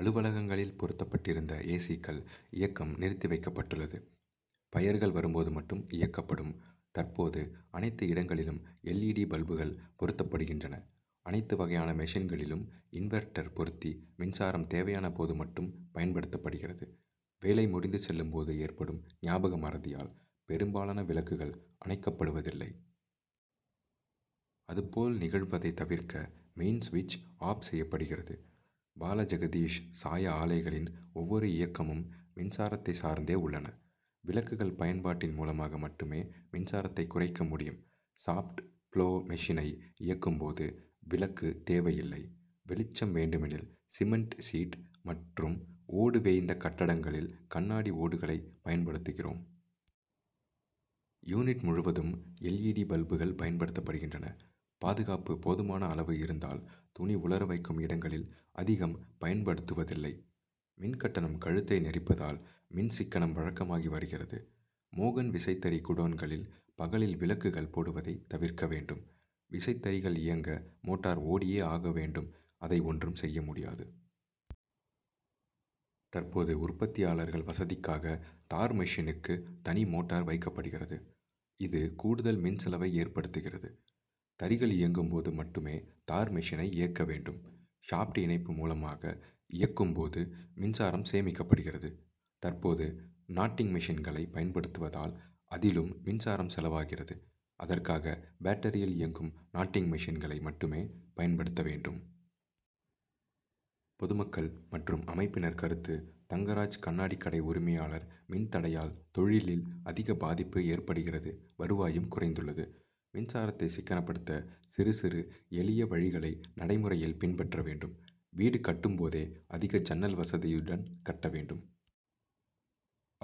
அலுவலகங்களில் பொருத்தப் பட் டிருந்த ஏசிகள் இயக்கம் நிறுத்தி வைக்கப்பட்டுள்ளது. பையர்கள் வரும்போது மட்டும் இயக்கப்படும். தற்போது அனைத்து இடங்களிலும் எல். இ. டி.பல்புகள் பொருத்தப்படுகின்றன. அனைத்து வகையான மெஷின்களிலும் இன்வெர்ட்டர் பொருத்தி மின்சாரம் தேவையான போது மட்டும் பயன்படுத்தப்படுகிறது. வேலை முடிந்துசெல்லும் போது ஏற்படும் ஞாபக மறதியால் பெரும்பாலான விளக்குகள் அணைக்கப்படுவதில்லை. அதுபோல் நிகழ்வதை தவிர்க்க மெயின் சுவிட்ச் ஆப் செய்யப்படுகிறது. பாலஜெகதீஷ் சாய ஆலைகளின் ஒவ்வொரு இயக்கமும் மின்சாரத்தை சார்ந்தே உள்ளன. விளக்குகள் பயன்பாட் டின் மூலமாக மட்டுமே மின்சாரத்தை குறைக்க முடியும். சாப்ட் ப்ளோ மெஷினை இயக்கும் போது விளக்கு தேவையில்லை. வெளிச்சம் வேண்டுமெனில் சிமென்ட் சீட் மற்றும் ஓடு வேய்ந்த கட்டடங்களில் கண்ணாடி ஓடுகளை பயன்படுத்துகிறோம். யூனிட் முழுவதும் எல். இ. டி.பல்புகள் பயன்படுத்தப்படுகின்றன. பாதுகாப்பு போதுமான அளவு இருந்தால் துணி உலர வைக்கும் இடங்களில் அதிகம் பயன்படுத்துவதில்லை. மின்கட்டணம் கழுத்தை நெரிப்பதால் மின் சிக்கனம் வழக்கமாகி வருகிறது. மோகன் விசைத்தறி குடோன்களில் பகலில் விளக்குகள் போடுவதை தவிர்க்க வேண்டும். விசைத்தறிகள் இயங்க மோட்டார் ஓடியே ஆக வேண்டும் அதை ஒன்றும் செய்ய முடியாது. தற்போது உற்பத்தியாளர்கள் வசதிக்காக தார்மெஷினுக்கு தனிமோட்டார் வைக்கப்படுகிறது. இது கூடுதல் மின்செலவை ஏற்படுத்துகிறது. தறிகள் இயங்கும் போது மட்டுமே தார் மெஷினை இயக்க வேண்டும். ஷாப்ட் இணைப்பு மூலமாக இயக்கும் போது மின்சாரம் சேமிக்கப்படுகிறது. தற்போது நாட்டிங் மெஷின்களை பயன்படுத்துவதால் அதிலும் மின்சாரம் செலவாகிறது. அதற்காக பேட்டரியில் இயங்கும் நாட்டிங் மெஷின்களை மட்டுமே பயன்படுத்த வேண்டும். பொதுமக்கள் மற்றும் அமைப்பினர் கருத்து தங்கராஜ் கண்ணாடி கடை உரிமையாளர் மின் தடையால் தொழிலில் அதிக பாதிப்பு ஏற்படுகிறது வருவாயும் குறைந்துள் ளது. மின்சாரத்தை சிக்கனப்படுத்த சிறு சிறு எளிய வழிகளை நடைமுறையில் பின்பற்ற வேண்டும். வீடு கட்டும் போதே அதிக ஜன்னல் வசதியுடன் கட்ட வேண்டும்.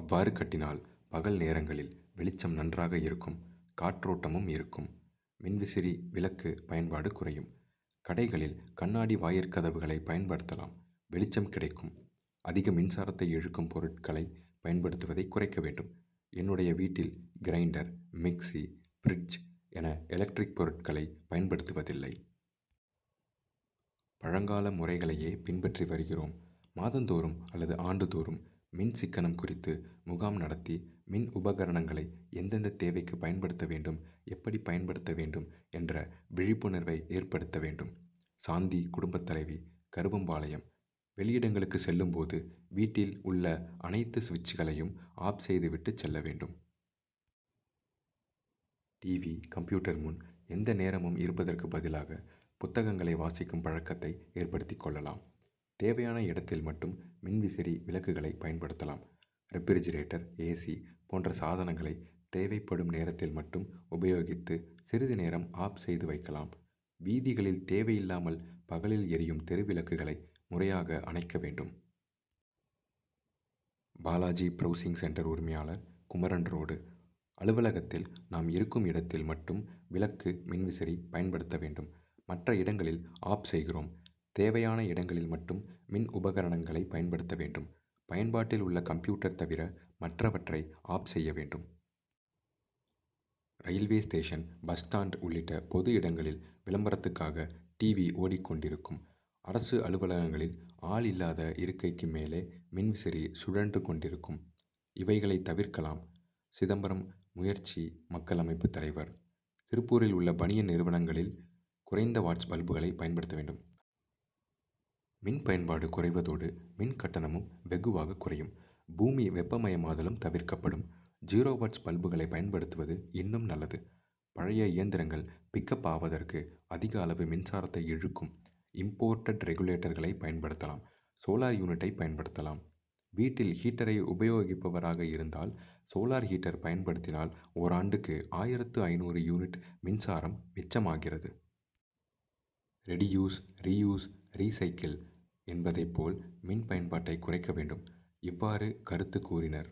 அவ்வாறு கட்டினால் பகல் நேரங்களில் வெளிச்சம் நன்றாக இருக்கும் காற்றோட்டமும் இருக்கும். மின்விசிறி விளக்கு பயன்பாடு குறையும். கடைகளில் கண்ணாடி வாயிற்கதவுகளை பயன்படுத்தலாம் வெளிச்சம் கிடைக்கும். அதிக மின்சாரத்தை இழுக்கும் பொருட்களை பயன்படுத்துவதை குறைக்க வேண்டும். என்னுடைய வீட்டில் கிரைண்டர், மிக்ஸி, பிரிட்ஜ் என எலக்ட்ரிக் பொருட்களை பயன்படுத்துவதில்லை. பழங்கால முறைகளையே பின்பற்றி வருகிறோம். மாதந்தோறும் அல்லது ஆண்டுதோறும் மின் சிக்கனம் குறித்து முகாம் நடத்தி மின் உபகரணங்களை எந்தெந்த தேவைக்கு பயன்படுத்த வேண்டும் எப்படி பயன்படுத்த வேண்டும் என்ற விழிப்புணர்வை ஏற்படுத்த வேண்டும். சாந்தி குடும்ப தலைவி கருவம்பாளையம் வெளியிடங்களுக்கு செல்லும் போது வீட்டில் உள்ள அனைத்து சுவிட்சுகளையும் ஆப் செய்து விட்டுச் செல்ல வேண்டும். டிவி, கம்ப்யூட்டர் முன் எந்நேரமும் இருப்பதற்கு பதிலாக புத்தகங்களை வாசிக்கும் பழக்கத்தை ஏற்படுத்திக் கொள்ளலாம். தேவையான இடத்தில் மட்டும் மின்விசிறி விளக்குகளை பயன்படுத்தலாம். Refrigerator A. சி. போன்ற சாதனங்களை தேவைப்படும் நேரத்தில் மட்டும் உபயோகித்து சிறிது நேரம் ஆப் செய்து வைக்கலாம். வீதிகளில் தேவை இல்லாமல் பகலில் எரியும் தெருவிளக்குகளை முறையாக அணைக்க வேண்டும். பாலாஜி பிரவுசிங் சென்டர் உரிமையாளர் குமரன் ரோடு அலுவலகத்தில் நாம் இருக்கும் இடத்தில் மட்டும் விளக்கு மின்விசிறி பயன்படுத்த வேண்டும் மற்ற இடங்களில் ஆப் செய்கிறோம். தேவையான இடங்களில் மட்டும் மின் உபகரணங்களை பயன்படுத்த வேண்டும். பயன்பாட்டில் உள்ள கம்ப்யூட்டர் தவிர மற்றவற்றை ஆப் செய்ய வேண்டும். ரயில்வே ஸ்டேஷன் பஸ் ஸ்டாண்ட் உள்ளிட்ட பொது இடங்களில விளம்பரத்துக்காக டிவி ஓடிக்கொண்டிருக்கும். அரசு அலுவலகங்களில் ஆள் இல்லாத இருக்கைக்கு மேலே மின் விசிறி சுழன்று கொண்டிருக்கும். இவைகளை தவிர்க்கலாம். சிதம்பரம் முயற்சி மக்கள் அமைப்பு தலைவர் திருப்பூரில் உள்ள பனியன் நிறுவனங்களில் குறைந்த வாட்ஸ் பல்புகளை பயன்படுத்த வேண்டும். மின் பயன்பாடு குறைவதோடு மின் கட்டணமும் வெகுவாக குறையும். பூமி வெப்பமயமாதலும் தவிர்க்கப்படும். ஜீரோ வாட்ஸ் பல்புகளை பயன்படுத்துவது இன்னும் நல்லது. பழைய இயந்திரங்கள் பிக் அப் ஆவதற்கு அதிக அளவு மின்சாரத்தை இழுக்கும் இம்போர்ட்டட் ரெகுலேட்டர்களை பயன்படுத்தலாம். சோலார் யூனிட்டை பயன்படுத்தலாம். வீட்டில் ஹீட்டரை உபயோகிப்பவராக இருந்தால் சோலார் ஹீட்டர் பயன்படுத்தினால் ஓராண்டுக்கு ஆயிரத்து ஐநூறு யூனிட் மின்சாரம் மிச்சமாகிறது. ரெடியூஸ் ரீயூஸ் ரீசைக்கிள் என்பதை போல் மின் பயன்பாட்டை குறைக்க வேண்டும். இவ்வாறு கருத்து கூறினர்.